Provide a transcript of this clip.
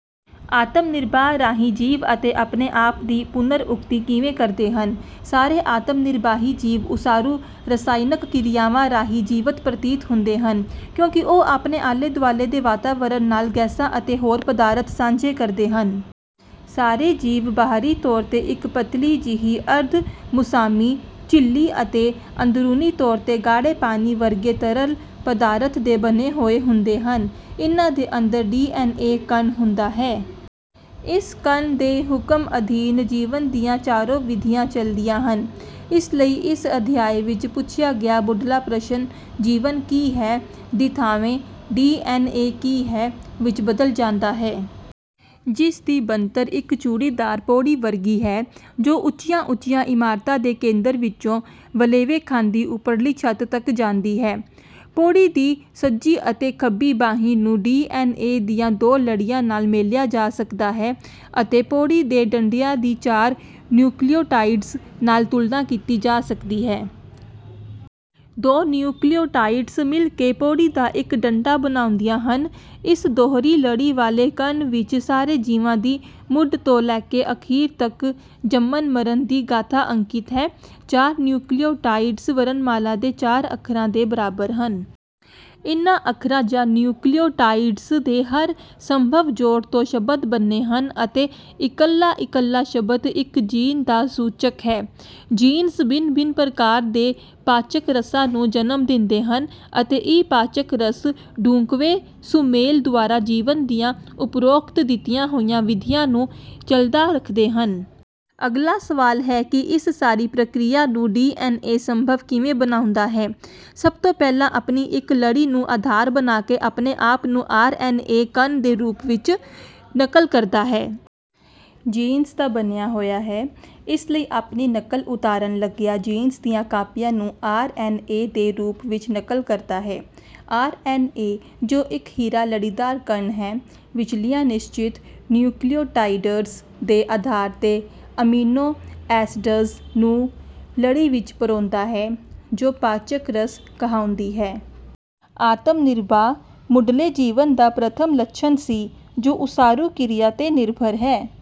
ਆਤਮ ਨਿਰਬਾਹ ਰਾਹੀਂ ਜੀਵ ਅਤੇ ਆਪਣੇ ਆਪ ਦੀ ਪੁਨਰ-ਉਕਤੀ ਕਿਵੇਂ ਕਰਦੇ ਹਨ? ਸਾਰੇ ਆਤਮ ਨਿਰਬਾਹੀ ਜੀਵ ਉਸਾਰੂ ਰਸਾਇਣਕ ਕਿਰਿਆਵਾਂ ਰਾਹੀਂ ਜੀਵਤ ਪ੍ਰਤੀਤ ਹੁੰਦੇ ਹਨ ਕਿਉਂਕਿ ਉਹ ਆਪਣੇ ਆਲੇ-ਦੁਆਲੇ ਦੇ ਵਾਤਾਵਰਣ ਨਾਲ ਗੈਸਾਂ ਅਤੇ ਹੋਰ ਪਦਾਰਥ ਸਾਂਝੇ ਕਰਦੇ ਹਨ। ਸਾਰੇ ਜੀਵ ਬਾਹਰੀ ਤੌਰ 'ਤੇ ਇੱਕ ਪਤਲੀ ਜਿਹੀ ਅਰਧਮੁਸਾਮੀ ਝਿੱਲੀ ਅਤੇ ਅੰਦਰੂਨੀ ਤੌਰ 'ਤੇ ਗਾੜ੍ਹੇ ਪਾਣੀ ਵਰਗੇ ਤਰਲ ਪਦਾਰਥ ਦੇ ਬਣੇ ਹੋਏ ਹੁੰਦੇ ਹਨ। ਇਹਨਾਂ ਦੇ ਅੰਦਰ ਡੀ. ਐੱਨ. ਏ ਕਣ ਹੁੰਦਾ ਹੈ। ਇਸ ਕਣ ਦੇ ਹੁਕਮ ਅਧੀਨ ਜੀਵਨ ਦੀਆਂ ਚਾਰੋਂ ਵਿਧੀਆਂ ਚੱਲਦੀਆਂ ਹਨ। ਇਸ ਲਈ ਇਸ ਅਧਿਆਇ ਵਿੱਚ ਪੁੱਛਿਆ ਗਿਆ ਮੁੱਢਲਾ ਪ੍ਰਸ਼ਨ, 'ਜੀਵਨ ਕੀ ਹੈ? ਦੀ ਥਾਵੇਂ ਡੀ. ਐੱਨ. ਏ ਕੀ ਹੈ? ' ਵਿੱਚ ਬਦਲ ਜਾਂਦਾ ਹੈ। ਜਿਸ ਦੀ ਬਣਤਰ ਇੱਕ ਚੂੜੀਦਾਰ ਪੌੜੀ ਵਰਗੀ ਹੈ ਜੋ ਉੱਚੀਆਂ-ਉੱਚੀਆਂ ਇਮਾਰਤਾਂ ਦੇ ਕੇਂਦਰ ਵਿੱਚੋਂ ਵਲੇਵੇਂ ਖਾਂਦੀ ਉੱਪਰਲੀ ਛੱਤ ਤੱਕ ਜਾਂਦੀ ਹੈ। ਪੌੜੀ ਦੀ ਸੱਜੀ ਅਤੇ ਖੱਬੀ ਬਾਹੀ ਨੂੰ ਡੀ. ਐੱਨ. ਏ ਦੀਆਂ ਦੋ ਲੜੀਆਂ ਨਾਲ ਮੇਲਿਆ ਜਾ ਸਕਦਾ ਹੈ ਅਤੇ ਪੌੜੀ ਦੇ ਡੰਡਿਆਂ ਦੀ ਚਾਰ ਨਿਯੂਕਲਿਉਟਾਈਡਜ਼ ਨਾਲ ਤੁਲਨਾ ਕੀਤੀ ਜਾ ਸਕਦੀ ਹੈ। ਦੋ ਨਿਯੂਕਲਿਉਟਾਈਡਜ਼ ਮਿਲ ਕੇ ਪੌੜੀ ਦਾ ਇੱਕ ਡੰਡਾ ਬਣਾਉਂਦੀਆਂ ਹਨ। ਇਸ ਦੋਹਰੀ ਲੜੀ ਵਾਲੇ ਕਣ ਵਿੱਚ ਸਾਰੇ ਜੀਵਾਂ ਦੀ, ਮੁੱਢ ਤੋਂ ਲੈ ਕੇ ਅਖੀਰ ਤੱਕ ਜੰਮਣਮਰਨ ਦੀ ਗਾਥਾ ਅੰਕਿਤ ਹੈ। ਚਾਰ ਨਿਯੂਕਲਿਉਟਾਈਡਜ਼ ਵਰਣਮਾਲਾ ਦੇ ਚਾਰ ਅੱਖਰਾਂ ਦੇ ਬਰਾਬਰ ਹਨ। ਇਹਨਾਂ ਅੱਖਰਾਂ ਜਾਂ ਨਿਯੂਕਲਿਉਟਾਈਡਜ਼ ਦੇ ਹਰ ਸੰਭਵ ਜੋੜ ਤੋਂ ਸ਼ਬਦ ਬਣੇ ਹਨ ਅਤੇ ਇਕੱਲਾ-ਇਕੱਲਾ ਸ਼ਬਦ ਇੱਕ ਜੀਨ ਦਾ ਸੂਚਕ ਹੈ। ਜੀਨਜ਼ ਭਿੰਨ-ਭਿੰਨ ਪ੍ਰਕਾਰ ਦੇ ਪਾਚਕ ਰਸਾਂ ਨੂੰ ਜਨਮ ਦਿੰਦੇ ਹਨ ਅਤੇ ਇਹ ਪਾਚਕ ਰਸ ਢੁੱਕਵੇਂ ਸੁਮੇਲ ਦੁਆਰਾ ਜੀਵਨ ਦੀਆਂ ਉਪਰੋਕਤ ਦਿੱਤੀਆਂ ਹੋਈਆਂ ਵਿਧੀਆਂ ਨੂੰ ਚੱਲਦਾ ਰੱਖਦੇ ਹਨ। ਅਗਲਾ ਸਵਾਲ ਹੈ ਕਿ ਇਸ ਸਾਰੀ ਪ੍ਰਕਿਰਿਆ ਨੂੰ ਡੀ. ਐੱਨ. ਏ ਸੰਭਵ ਕਿਵੇ ਬਣਾਉਂਦਾ ਹੈ? ਸਭ ਤੋਂ ਪਹਿਲਾਂ ਆਪਣੀ ਇੱਕ ਲੜੀ ਨੂੰ ਆਧਾਰ ਬਣਾ ਕੇ ਆਪਣੇ ਆਪ ਨੂੰ ਆਰ. ਐੱਨ. ਏ ਕਣ ਦੇ ਰੂਪ ਵਿੱਚ ਨਕਲ ਕਰਦਾ ਹੈ। ਜੀਨਜ਼ ਦਾ ਬਣਿਆ ਹੋਇਆ ਹੈ ਇਸ ਲਈ ਆਪਣੀ ਨਕਲ ਉਤਾਰਨ ਲੱਗਿਆਂ ਜੀਨਜ਼ ਦੀਆਂ ਕਾਪੀਆਂ ਨੂੰ ਆਰ. ਐੱਨ. ਏ ਦੇ ਰੂਪ ਵਿੱਚ ਨਕਲ ਕਰਦਾ ਹੈ। ਆਰ. ਐੱਨ. ਏ., ਜੋ ਇਕਹਿਰਾ ਲੜੀਦਾਰ ਕਣ ਹੈ, ਵਿਚਲੀਆਂ ਨਿਸ਼ਚਿਤ ਨਿਯੂਕਲਿਉਟਾਈਡਰਜ਼ ਦੇ ਆਧਾਰ 'ਤੇ ਅਮੀਨੋ ਏਸਡਜ਼ ਨੂੰ ਲੜੀ ਵਿੱਚ ਪਰੋਂਦਾ ਹੈ ਜੋ ਪਾਚਕ-ਰਸ ਕਹਾਉਂਦੀ ਹੈ। ਆਤਮ ਨਿਰਬਾਹ ਮੁੱਢਲੇ ਜੀਵਨ ਦਾ ਪ੍ਰਥਮ ਲੱਛਣ ਸੀ ਜੋ ਉਸਾਰੂ ਕਿਰਿਆ 'ਤੇ ਨਿਰਭਰ ਹੈ।